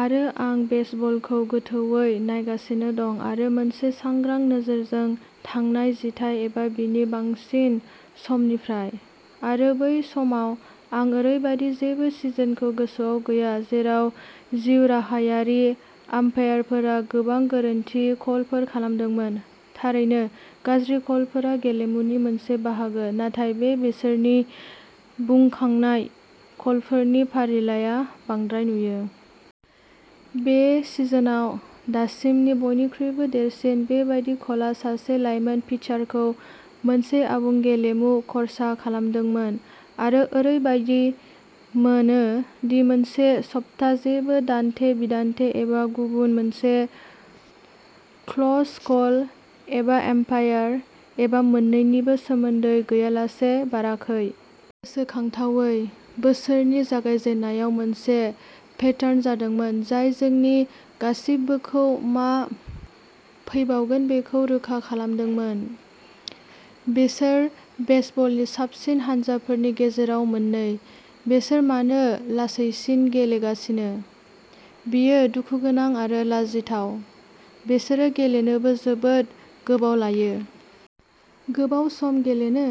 आरो आं बेसबलखौ गोथौवै नायगासिनो दं-आरो मोनसे सांग्रां नोजोरजों-थांनाय जिथाइ एबा बिनि बांसिन समनिफ्राय। आरो बै समाव, आं ओरैबायदि जेबो सिजनखौ गोसोआव गैया जेराव जिउराहायारि आम्पायारफोरा गोबां गोरोन्थि कलफोर खालामदों। थारैनो, गाज्रि कलफोरा गेलेमुनि मोनसे बाहागो नाथाय बे बोसोरनि बुखांनाय कलफोरनि फारिलाइआ बांद्राय नुयो। बे सिजनआव दासिमनि बयनिख्रुइबो देरसिन बेबादि कलआ सासे लाइमोन पिचारखौ मोनसे आबुं गेलेमु खर्सा खालामदोंमोन, आरो ओरैबायदि मोनो दि मोनसे सप्ता जेबो दान्थे-बिदान्थे एबा गुबुन मोनसे क्लोज कल, एबा आम्पायार, एबा मोन्नैनिबो सोमोन्दै गैयालासे बाराखै। गोसोनांथावै, बोसोरनि जागायजेन्नायाव मोनसे पेटार्न जादोंमोन जाय जोंनि गासिबोखौ मा फैबावगोन बेखौ रोखा खालामनांदोंमोन। "बिसोर बेसबलनि साबसिन हानजाफोरनि गेजेराव मोननै। बिसोर मानो लासैसिन गेलेगासिनो? बेयो दुखुगोनां आरो लाजिथाव। बिसोर गेलेनोबो जोबोद गोबाव लायो।" गोलाव सम गेलेनो?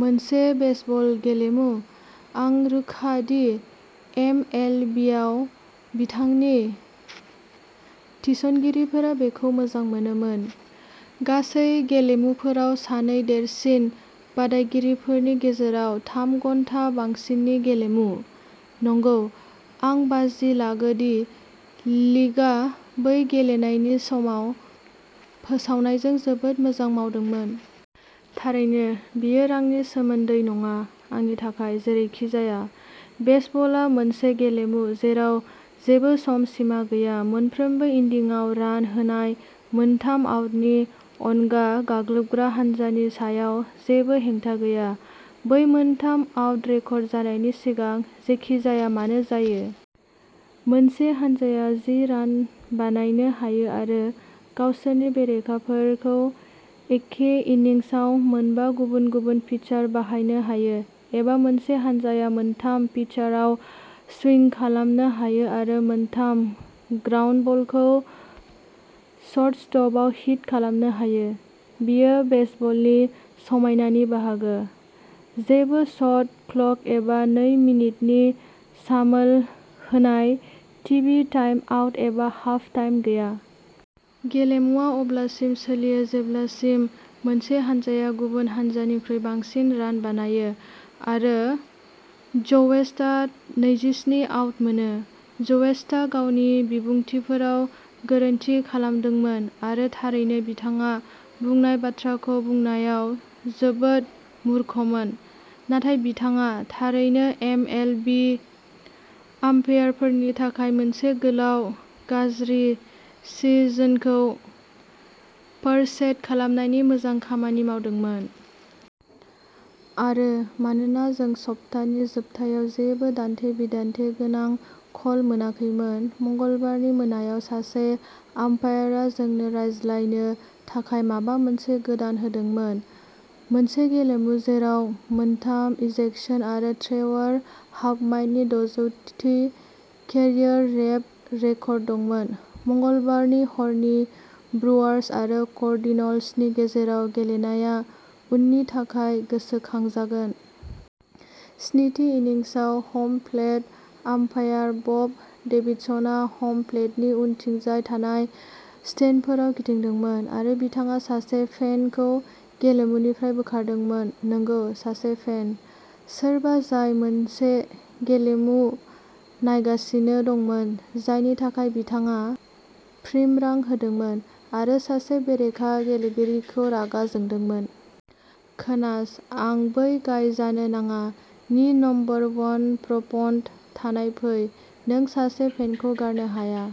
मोनसे बेसबल गेलेमु? आं रोखा दि एमएलबियाव बिथांनि थिसनगिरिफोरा बेखौ मोजां मोनोमोन। गासै गेलेमुफोराव सानै देरसिन बादायगिरिफोरनि गेजेराव थाम-घन्टा बांसिननि गेलेमु? नंगौ, आं बाजि लागो दि लीगा बै गेलेनायनि समाव फोसावनायजों जोबोद मोजां मावदोंमोन। थारैनो, बेयो रांनि सोमोन्दै नङा आंनि थाखाय, जेरैखिजाया। बेसबलआ मोनसे गेलेमु जेराव जेबो सम सिमा गैया; मोनफ्रोम इन्निंसआव रान होनाय मोनथाम आउटनि अनगा गाग्लोबग्रा हानजानि सायाव जेबो हेंथा गैया। बै मोनथाम आउट रेकर्ड जानायनि सिगां, जेखि जाया मानो जायो। मोनसे हानजाया जि रान बानायनो हायो आरो गावसोरनि बेरेखाफोरखौ एखे इन्निंसआव मोन बा गुबुन-गुबुन पिचार बाहायनो हायो। एबा मोनसे हानजाया मोनथाम पिचआव स्विंग खालामनो हायो आरो मोनथाम ग्राउन्डबलखौ सर्टस्टपआव हिट खालामनो हायो। बेयो बेसबलनि समायनानि बाहागो-- जेबो शट क्लक एबा नै मिनिटनि सामोल होनाय, टिभि टाइमआउट एबा हाफटाइम गैया। गेलेमुआ अब्लासिम सोलियो जेब्लासिम मोनसे हानजाया गुबुन हानजानिख्रुइ बांसिन रान बानायो, आरो ज'वेस्टआ नैजिस्नि आउट मोनो। ज'वेस्टआ गावनि बिबुंथिफोराव गोरोन्थि खालामदोंमोन, आरो, थारैनो, बिथाङा बुंनाय बाथ्राखौ बुंनायाव जोबोद मूर्खमोन। नाथाय बिथाङा थारैनो एमएलबि आम्पायारफोरनि थाखाय मोनसे गोलाव, गाज्रि सिजनखौ फोरशेड खालामनायनि मोजां खामानि मावदोंमोन। आरो, मानोना जों सप्तानि जोबनायाव जेबो दान्थे-बिदान्थे गोनां कल मोनाखैमोन, मंगलबारनि मोनायाव सासे आम्पायारआ जोंनो रायज्लायनो थाखाय माबा मोनसे गोदान होदोंमोन। मोनसे गेलेमु जेराव मोनथाम इजेक्शन आरो ट्रेवर हफम्याननि द'जौथि केरियार सेभ रेकर्ड दंमोन, मंगलबारनि हरनि ब्रुअर्स आरो कार्डिनल्सनि गेजेराव गेलेनाया उननि थाखाय गोसोखांजागोन। स्नि थि इन्निंसआव, ह'म प्लेट आम्पायार बब डेभिडसनआ हम प्लेटनि उनथिंजाय थानाय स्टेन्डफोराव गिदिंदोंमोन आरो बिथाङा सासे फेनखौ गेलेमुनिफ्राय बोखारदोंमोन। नंगौ। सासे फेन। सोरबा जाय मोनसे गेलेमु नायगासिनो दंमोन जायनि थाखाय बिथाङा प्रिम'रां होदोंमोन, आरो सासे बेरेखा गेलेगिरिखौ रागा जोंदोंमोन। खोनास, आं "बै गाइ जानो नाङा" नि नम्बर वन प्रप'न्ट, नाथाय फै। नों सासे फेनखौ गारनो हाया।